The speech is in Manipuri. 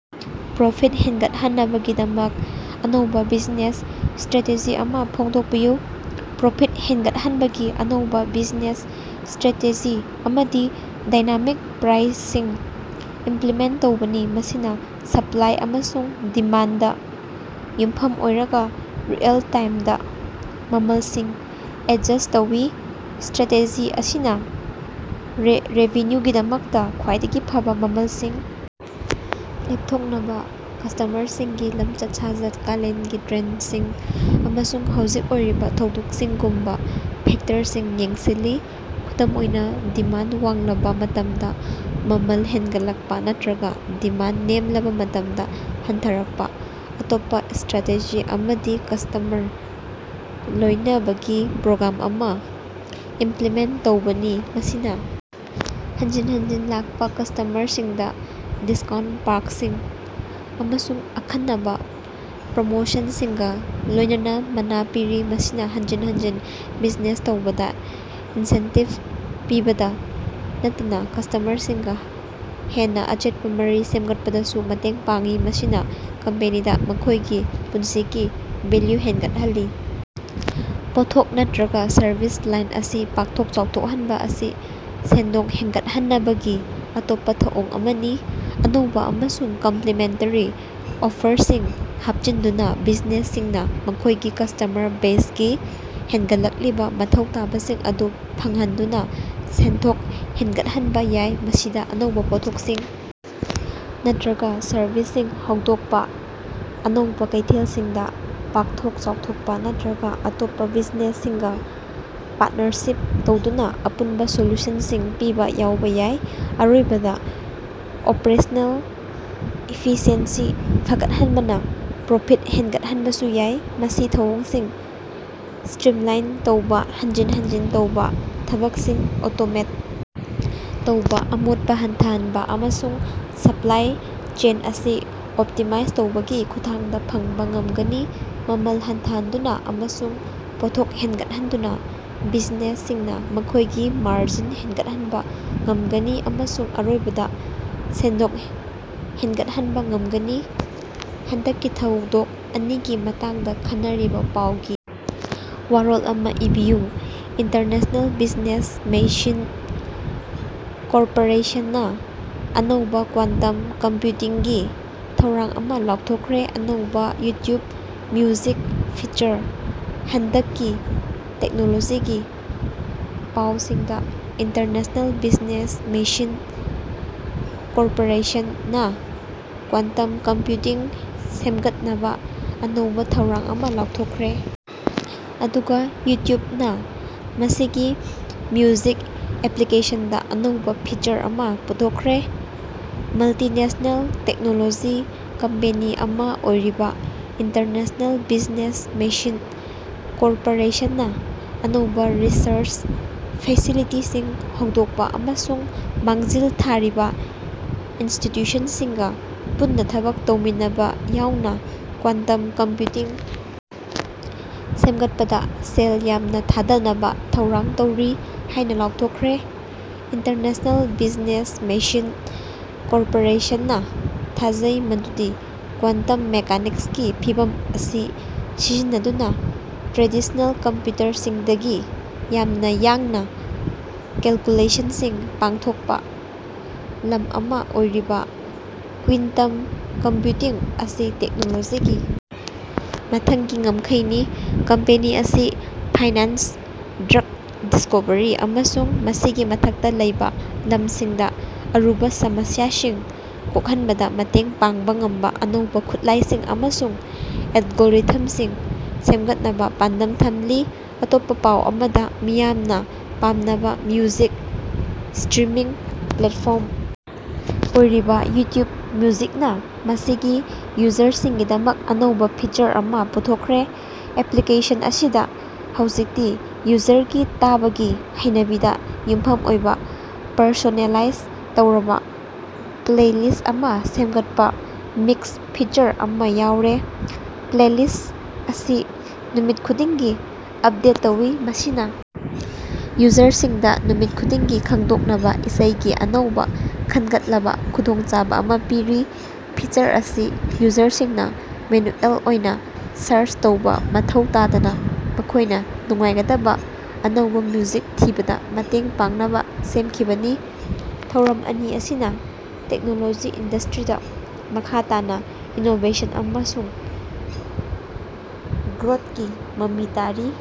ꯄ꯭ꯔꯣꯐꯤꯠ ꯍꯦꯟꯒꯠꯍꯟꯅꯕꯒꯤꯗꯃꯛ ꯑꯅꯧꯕ ꯕꯤꯖꯤꯅꯦꯁ ꯁ꯭ꯇꯔꯦꯇꯦꯖꯤ ꯑꯃ ꯐꯣꯡꯗꯣꯛꯄꯤꯌꯨ꯫ ꯄ꯭ꯔꯣꯐꯤꯠ ꯍꯦꯟꯒꯠꯍꯟꯅꯕꯒꯤ ꯑꯅꯧꯕ ꯕꯤꯖꯤꯅꯦꯁ ꯁ꯭ꯇꯔꯦꯇꯦꯖꯤ ꯑꯃꯗꯤ ꯗꯥꯏꯅꯥꯃꯤꯛ ꯄ꯭ꯔꯥꯏꯁꯤꯡ ꯏꯝꯄ꯭ꯂꯤꯃꯦꯟꯇ ꯇꯧꯕꯅꯤ, ꯃꯁꯤꯅ ꯁꯞꯂꯥꯏ ꯑꯃꯁꯨꯡ ꯗꯤꯃꯥꯟꯗꯗꯥ ꯌꯨꯝꯐꯝ ꯑꯣꯏꯔꯒ ꯔꯤꯑꯦꯜ-ꯇꯥꯏꯝꯗꯥ ꯃꯃꯜꯁꯤꯡ ꯑꯦꯗꯖꯁ꯭ꯠ ꯇꯧꯏ꯫ ꯁ꯭ꯇꯔꯥꯇꯦꯖꯤ ꯑꯁꯤꯅ ꯔꯦꯚꯤꯅ꯭ꯌꯨꯒꯤꯗꯃꯛꯇ ꯈ꯭ꯋꯥꯏꯗꯒꯤ ꯐꯕꯥ ꯃꯃꯜꯁꯤꯡ ꯂꯦꯞꯊꯣꯛꯅꯕꯥ ꯀꯁ꯭ꯇꯃꯔꯁꯤꯡꯒꯤ ꯂꯃꯆꯠ-ꯁꯥꯖꯠ, ꯀꯥꯂꯦꯟꯒꯤ ꯇ꯭ꯔꯦꯟꯗꯁꯤꯡ, ꯑꯃꯁꯨꯡ ꯍꯧꯖꯤꯛ ꯑꯣꯏꯔꯤꯕ ꯊꯧꯗꯣꯛꯁꯤꯡꯒꯨꯝꯕ ꯐꯦꯛꯇꯔꯁꯤꯡ ꯌꯦꯡꯁꯤꯜꯂꯤ꯫ ꯈꯨꯗꯝ ꯑꯣꯏꯅ, ꯗꯤꯃꯥꯟꯗ ꯋꯥꯡꯂꯕ ꯃꯇꯝꯗ ꯃꯃꯜ ꯍꯦꯟꯒꯠꯂꯛꯄ ꯅꯠꯇꯔꯒ ꯗꯤꯃꯥꯟꯗ ꯅꯦꯝꯂꯕꯥ ꯃꯇꯝꯗ ꯍꯟꯊꯔꯛꯄ꯫ ꯑꯇꯣꯞꯄꯥ ꯁ꯭ꯇꯔꯥꯇꯦꯖꯤ ꯑꯃꯗꯤ ꯀꯁ꯭ꯇꯃꯔ ꯂꯣꯏꯅꯕꯒꯤ ꯄ꯭ꯔꯣꯒ꯭ꯔꯥꯝ ꯑꯃ ꯏꯝꯄ꯭ꯂꯤꯃꯦꯟꯇ ꯇꯧꯕꯅꯤ, ꯃꯁꯤꯅ ꯍꯟꯖꯤꯟ ꯍꯟꯖꯤꯟ ꯂꯥꯛꯄ ꯀꯁ꯭ꯇꯃꯔꯁꯤꯡꯗ‌ ꯗꯤꯁꯀꯥꯎꯟꯇ, ꯄꯥ꯭ꯔꯛꯁꯤꯡ ꯑꯃꯁꯨꯡ ꯑꯈꯟꯅꯕꯥ ꯄ꯭ꯔꯣꯃꯣꯁꯟꯁꯤꯡꯒ ꯂꯣꯏꯅꯅꯥ ꯃꯅꯥ ꯄꯤꯔꯤ꯫ ꯃꯁꯤꯅ‌ ꯍꯟꯖꯤꯟ ꯍꯟꯖꯤꯟ ꯕꯤꯖꯤꯅꯦꯁ ꯇꯧꯕꯗ ꯏꯟꯁꯦꯟꯇꯤꯕ ꯄꯤꯕꯇꯥ ꯅꯠꯇꯅꯥ ꯀꯁ꯭ꯇꯃꯔꯁꯤꯡꯒ ꯍꯦꯟꯅ ꯑꯆꯦꯠꯄ ꯃꯔꯤ ꯁꯦꯝꯒꯠꯄꯗꯁꯨ ꯃꯇꯦꯡ ꯄꯥꯡꯏ, ꯃꯁꯤꯅ ꯀꯝꯄꯦꯅꯤꯗ ꯃꯈꯣꯏꯒꯤ ꯄꯨꯟꯁꯤꯒꯤ ꯚꯦꯂ꯭ꯌꯨ ꯍꯦꯟꯒꯠꯍꯜꯂꯤ꯫ ꯄꯣꯠꯊꯣꯛ ꯅꯠꯇꯔꯒ ꯁꯔꯕꯤꯁ ꯂꯥꯏꯟ ꯑꯁꯤ ꯄꯥꯛꯊꯣꯛ ꯆꯥꯎꯊꯣꯛꯍꯟꯕ‌ ꯑꯁꯤ ꯁꯦꯟꯗꯣꯡ ꯍꯦꯟꯒꯠꯍꯟꯅꯕꯒꯤ ꯑꯇꯣꯞꯄ ꯊꯧꯑꯣꯡ ꯑꯃꯅꯤ꯫ ꯑꯅꯧꯕ ꯑꯃꯁꯨꯡ ꯀꯝꯄ꯭ꯂꯤꯃꯦꯟꯇꯦꯔꯤ ꯑꯣꯐꯔꯁꯤꯡ ꯍꯥꯞꯆꯤꯟꯗꯨꯅ ꯕꯤꯖꯤꯅꯦꯁꯁꯤꯡꯅ ꯃꯈꯣꯏꯒꯤ ꯀꯁ꯭ꯇꯃꯔ ꯕꯦꯖꯒꯤ ꯍꯦꯟꯒꯠꯂꯛꯂꯤꯕ ꯃꯊꯧ ꯇꯥꯕꯁꯤꯡ ꯑꯗꯨ ꯐꯪꯍꯟꯗꯨꯅ ꯁꯦꯟꯊꯣꯛ ꯍꯦꯟꯒꯠꯍꯟꯕ ꯌꯥꯏ꯫ ꯃꯁꯤꯗ ꯑꯅꯧꯕ ꯄꯣꯠꯊꯣꯛꯁꯤꯡ ꯅꯠꯇꯔꯒ ꯁꯔꯕꯤꯁꯁꯤꯡ ꯍꯧꯗꯣꯛꯄ, ꯑꯅꯧꯕ ꯀꯩꯊꯦꯜꯁꯤꯡꯗ ꯄꯥꯛꯊꯣꯛ ꯆꯥꯎꯊꯣꯛꯄ, ꯅꯠꯇꯔꯒ ꯑꯇꯣꯞꯄ ꯕꯤꯖꯤꯅꯦꯁꯁꯤꯡꯒ ꯄꯥꯔꯇꯅꯔꯁꯤꯞ ꯇꯧꯗꯨꯅ ꯑꯄꯨꯟꯕ ꯁꯣꯂꯨꯁꯟꯁꯤꯡ ꯄꯤꯕ ꯌꯥꯎꯕ ꯌꯥꯏ꯫ ꯑꯔꯣꯏꯕꯗꯥ, ꯑꯣꯄ꯭ꯔꯦꯁꯅꯦꯜ ꯏꯐꯤꯁꯤꯑꯦꯟꯁꯤ ꯐꯒꯠꯍꯟꯕꯅꯥ ꯄ꯭ꯔꯣꯐꯤꯠ ꯍꯦꯟꯒꯠꯍꯟꯕꯁꯨ ꯌꯥꯏ꯫ ꯃꯁꯤ ꯊꯧꯑꯣꯡꯁꯤꯡ ꯁ꯭ꯇꯔꯤꯝꯂꯥꯏꯟ ꯇꯧꯕ, ꯍꯟꯖꯤꯟ ꯍꯟꯖꯤꯟ ꯇꯧꯕ ꯊꯕꯛꯁꯤꯡ ꯑꯣꯇꯣꯃꯦꯠ ꯇꯧꯕ, ꯑꯃꯣꯠꯄ ꯍꯟꯊꯍꯟꯕ, ꯑꯃꯁꯨꯡ ꯁꯄ꯭ꯂꯥꯏ ꯆꯦꯟ ꯑꯁꯤ ꯑꯣꯞꯇꯤꯃꯥꯏꯖ ꯇꯧꯕꯒꯤ ꯈꯨꯠꯊꯥꯡꯗ ꯐꯪꯕ ꯉꯝꯒꯅꯤ꯫ ꯃꯃꯜ ꯍꯟꯊꯍꯟꯗꯨꯅ ꯑꯃꯁꯨꯡ ꯄꯣꯠꯊꯣꯛ ꯍꯦꯟꯒꯠꯍꯟꯗꯨꯅ ꯕꯤꯖꯤꯅꯦꯁꯁꯤꯡꯅ ꯃꯈꯣꯏꯒꯤ ꯃꯥꯔꯖꯤꯟ ꯍꯦꯟꯒꯠꯍꯟꯕ ꯉꯝꯒꯅꯤ ꯑꯃꯁꯨꯡ ꯑꯔꯣꯏꯕꯗ ꯁꯦꯟꯗꯣꯡ ꯍꯦꯟꯒꯠꯍꯟꯕ ꯉꯒꯅꯤ꯫ ꯍꯟꯗꯛꯀꯤ ꯊꯧꯗꯣꯛ ꯑꯅꯤꯒꯤ ꯃꯇꯥꯡꯗ ꯈꯟꯅꯔꯤꯕ‌ ꯄꯥꯎꯒꯤ ꯋꯥꯔꯣꯜ ꯑꯃ ꯏꯕꯤꯌꯨ꯫ ꯏꯟꯇꯔꯅꯦꯁꯅꯦꯜ ꯕꯤꯖꯤꯅꯦꯁ ꯃꯦꯁꯤꯟ ꯀꯣꯔꯄꯥꯔꯦꯁꯟ ꯅꯥ ꯑꯅꯧꯕ‌ ꯀ꯭ꯋꯥꯟꯇꯝ ꯀꯝꯄ꯭ꯌꯨꯇꯤꯡꯒꯤ ꯊꯧꯔꯥꯡ ꯑꯃ ꯂꯥꯎꯊꯣꯛꯈ꯭ꯔꯦ ꯑꯅꯧꯕ ꯌꯨꯇ꯭ꯌꯨꯕ ꯃꯤꯎꯖꯤꯛ ꯐꯤꯆꯔ꯫ ꯍꯟꯗꯛꯀꯤ ꯇꯦꯛꯅꯣꯂꯣꯖꯤꯒꯤ ꯄꯥꯎꯁꯤꯡꯗ ꯏꯟꯇꯔꯅꯦꯁꯅꯦꯜ ꯕꯤꯖꯤꯅꯦꯁ ꯃꯦꯁꯤꯟ ꯀꯣꯔꯄꯥꯔꯦꯁꯟ ꯅꯥ ꯀ꯭ꯋꯥꯟꯇꯝ ꯀꯝꯄ꯭ꯌꯨꯇꯤꯡ ꯁꯦꯝꯒꯠꯅꯕꯥ ꯑꯅꯧꯕ ꯊꯧꯔꯥꯡ ꯑꯃ ꯂꯥꯎꯊꯣꯛꯈ꯭ꯔꯦ, ꯑꯗꯨꯒ ꯌꯨꯇ꯭ꯌꯨꯕ ꯅꯥ ꯃꯁꯤꯒꯤ ꯃ꯭ꯌꯨꯖꯤꯛ ꯑꯦꯄ꯭ꯂꯤꯀꯦꯁꯟꯗ ꯑꯅꯧꯕ ꯐꯤꯆꯔ ꯑꯃ ꯄꯨꯊꯣꯛꯈ꯭ꯔꯦ꯫ ꯃꯜꯇꯤꯅꯦꯁ꯭ꯅꯦꯜ ꯇꯦꯛꯅꯣꯂꯣꯖꯤ ꯀꯝꯄꯦꯅꯤ ꯑꯃ ꯑꯣꯏꯔꯤꯕ ꯏꯟꯇꯔꯅꯦꯁꯅꯦꯜ ꯕꯤꯖꯤꯅꯦꯁ ꯃꯦꯁꯤꯟ ꯀꯣꯔꯄꯥꯔꯦꯄꯟꯅꯥ ꯑꯅꯧꯕ ꯔꯤꯁꯔꯆ ꯐꯦꯁꯤꯂꯤꯇꯤꯁꯤꯡ ꯍꯧꯗꯣꯛꯄ ꯑꯃꯁꯨꯡ ꯃꯥꯡꯖꯤꯜ ꯊꯥꯔꯤꯕ ꯏꯟꯁꯇꯤꯇ꯭ꯌꯨꯁꯟꯁꯤꯡꯒ ꯄꯨꯟꯅ ꯊꯕꯛ ꯇꯧꯃꯤꯟꯅꯕꯥ ꯌꯥꯎꯅ ꯀ꯭ꯋꯥꯟꯇꯝ ꯀꯝꯄ꯭ꯌꯨꯇꯤꯡ ꯁꯦꯝꯒꯠꯄꯗꯥ ꯁꯦꯜ ꯌꯥꯝꯅ ꯊꯥꯗꯅꯕꯥ ꯊꯧꯔꯥꯡ ꯇꯧꯔꯤ ꯍꯥꯏꯅ ꯂꯥꯎꯊꯣꯛꯈ꯭ꯔꯦ꯫ ꯏꯟꯇꯔꯅꯦꯁꯅꯦꯜ ꯕꯤꯖꯤꯅꯦꯁ ꯃꯦꯁꯤꯟ ꯀꯣꯔꯄꯥꯔꯦꯁꯟ ꯅꯥ ꯊꯥꯖꯩ ꯃꯗꯨꯗꯤ ꯀ꯭ꯋꯥꯟꯇꯝ ꯃꯦꯀꯥꯅꯤꯛꯁꯀꯤ ꯐꯤꯚꯝ ꯑꯁꯤ ꯁꯤꯖꯤꯟꯅꯗꯨꯅ ꯇ꯭ꯔꯦꯗꯤꯁ꯭ꯅꯦꯜ ꯀꯝꯄ꯭ꯌꯨꯇꯔꯁꯤꯡꯗꯒꯤ ꯌꯥꯝꯅ ꯌꯥꯡꯅ ꯀꯦꯜꯀꯨꯂꯦꯁꯟꯁꯤꯡ ꯄꯥꯡꯊꯣꯛꯄ ꯂꯝ ꯑꯃ ꯑꯣꯏꯔꯤꯕ ꯀ꯭ꯋꯤꯟꯇꯝ ꯀꯝꯄ꯭ꯌꯨꯇꯤꯡ ꯑꯁꯤ ꯇꯦꯛꯅꯣꯂꯣꯖꯤꯒꯤ ꯃꯊꯪꯒꯤ ꯉꯝꯈꯩꯅꯤ꯫ ꯀꯝꯄꯦꯅꯤ ꯑꯁꯤ ꯐꯥꯏꯅꯥꯟꯁ, ꯗ꯭ꯔꯒ ꯗꯤꯁꯀꯣꯚꯔꯤ, ꯑꯃꯁꯨꯡ ꯃꯁꯤꯒꯤ ꯃꯊꯛꯇ ꯂꯩꯕ ꯂꯝꯁꯤꯡꯗ ꯑꯔꯨꯕ ꯁꯃꯁ꯭ꯌꯥꯁꯤꯡ ꯀꯣꯛꯍꯟꯕꯗꯥ ꯃꯇꯦꯡ ꯄꯥꯡꯕ ꯉꯝꯕ ꯑꯅꯧꯕ ꯈꯨꯠꯂꯥꯏꯁꯤꯡ ꯑꯃꯁꯨꯡ ꯑꯦꯜꯒꯣꯔꯤꯊꯝꯁꯤꯡ ꯁꯦꯝꯒꯠꯅꯕ ꯄꯥꯟꯗꯝ ꯊꯝꯂꯤ꯫ ꯑꯇꯣꯞꯄ ꯄꯥꯎ ꯑꯃꯗ, ꯃꯤꯌꯥꯝꯅ ꯄꯥꯝꯅꯕ ꯃ꯭ꯌꯨꯖꯤꯛ ꯁ꯭ꯇꯔꯤꯃꯤꯡ ꯄ꯭ꯂꯦꯠꯐꯣꯔꯝ ꯑꯣꯏꯔꯤꯕ ꯌꯨꯇ꯭ꯌꯨꯕ ꯃꯤꯎꯖꯤꯛꯅ ꯃꯁꯤꯒꯤ ꯌꯨꯖꯔꯁꯤꯡꯒꯤꯗꯃꯛ ꯑꯅꯧꯕ ꯐꯤꯆꯔ ꯑꯃ ꯄꯨꯊꯣꯛꯈ꯭ꯔꯦ꯫ ꯑꯦꯄ꯭ꯂꯤꯀꯦꯁꯟ ꯑꯁꯤꯗ ꯍꯧꯖꯤꯛꯇꯤ ꯌꯨꯖꯔꯒꯤ ꯇꯥꯕꯒꯤ ꯍꯩꯅꯕꯤꯗ ꯌꯨꯝꯐꯝ ꯑꯣꯏꯕ ꯄꯔꯁꯣꯅꯦꯂꯥꯏꯖ ꯇꯧꯔꯕ ꯄ꯭ꯂꯦꯂꯤꯁ꯭ꯠ ꯑꯃ ꯁꯦꯝꯒꯠꯄ ꯃꯤꯛꯁ ꯐꯤꯆꯔ ꯑꯃ ꯌꯥꯎꯔꯦ꯫ ꯄ꯭ꯂꯦꯂꯤꯁ꯭ꯠ ꯑꯁꯤ ꯅꯨꯃꯤꯠ ꯈꯨꯗꯤꯡꯒꯤ ꯑꯞꯗꯦꯠ ꯇꯧꯏ, ꯃꯁꯤꯅ ꯌꯨꯖꯔꯁꯤꯡꯗ ꯅꯨꯃꯤꯠ ꯈꯨꯗꯤꯡꯒꯤ ꯈꯪꯗꯣꯛꯅꯕ ꯏꯁꯩꯒꯤ ꯑꯅꯧꯕ ꯈꯟꯒꯠꯂꯕ‌ ꯈꯨꯗꯣꯡꯆꯥꯕ ꯑꯃ ꯄꯤꯔꯤ꯫ ꯐꯤꯆꯔ ꯑꯁꯤ ꯌꯨꯖꯔꯁꯤꯡꯅ ꯃꯦꯅꯨꯑꯦꯜ ꯑꯣꯏꯅ ꯁꯥꯔꯆ ꯇꯧꯕ ꯃꯊꯧ ꯇꯥꯗꯅ ꯃꯈꯣꯏꯅ ꯅꯨꯡꯉꯥꯏꯒꯗꯕ ꯑꯅꯧꯕ ꯃ꯭ꯌꯨꯖꯤꯛ ꯊꯤꯕꯗꯥ ꯃꯇꯦꯡ ꯄꯥꯡꯅꯕꯥ ꯁꯦꯝꯈꯤꯕꯅꯤ꯫ ꯊꯧꯔꯝ ꯑꯅꯤ ꯑꯁꯤꯅ ꯇꯦꯛꯅꯣꯂꯣꯖꯤ ꯏꯟꯗ꯭ꯁꯇꯔꯤꯗ ꯃꯈꯥ ꯇꯥꯅ ꯏꯅꯣꯕꯦꯁꯟ ꯑꯃꯁꯨꯡ ꯒ꯭ꯔꯣꯊꯀꯤ ꯃꯃꯤ ꯇꯥꯔꯤ꯫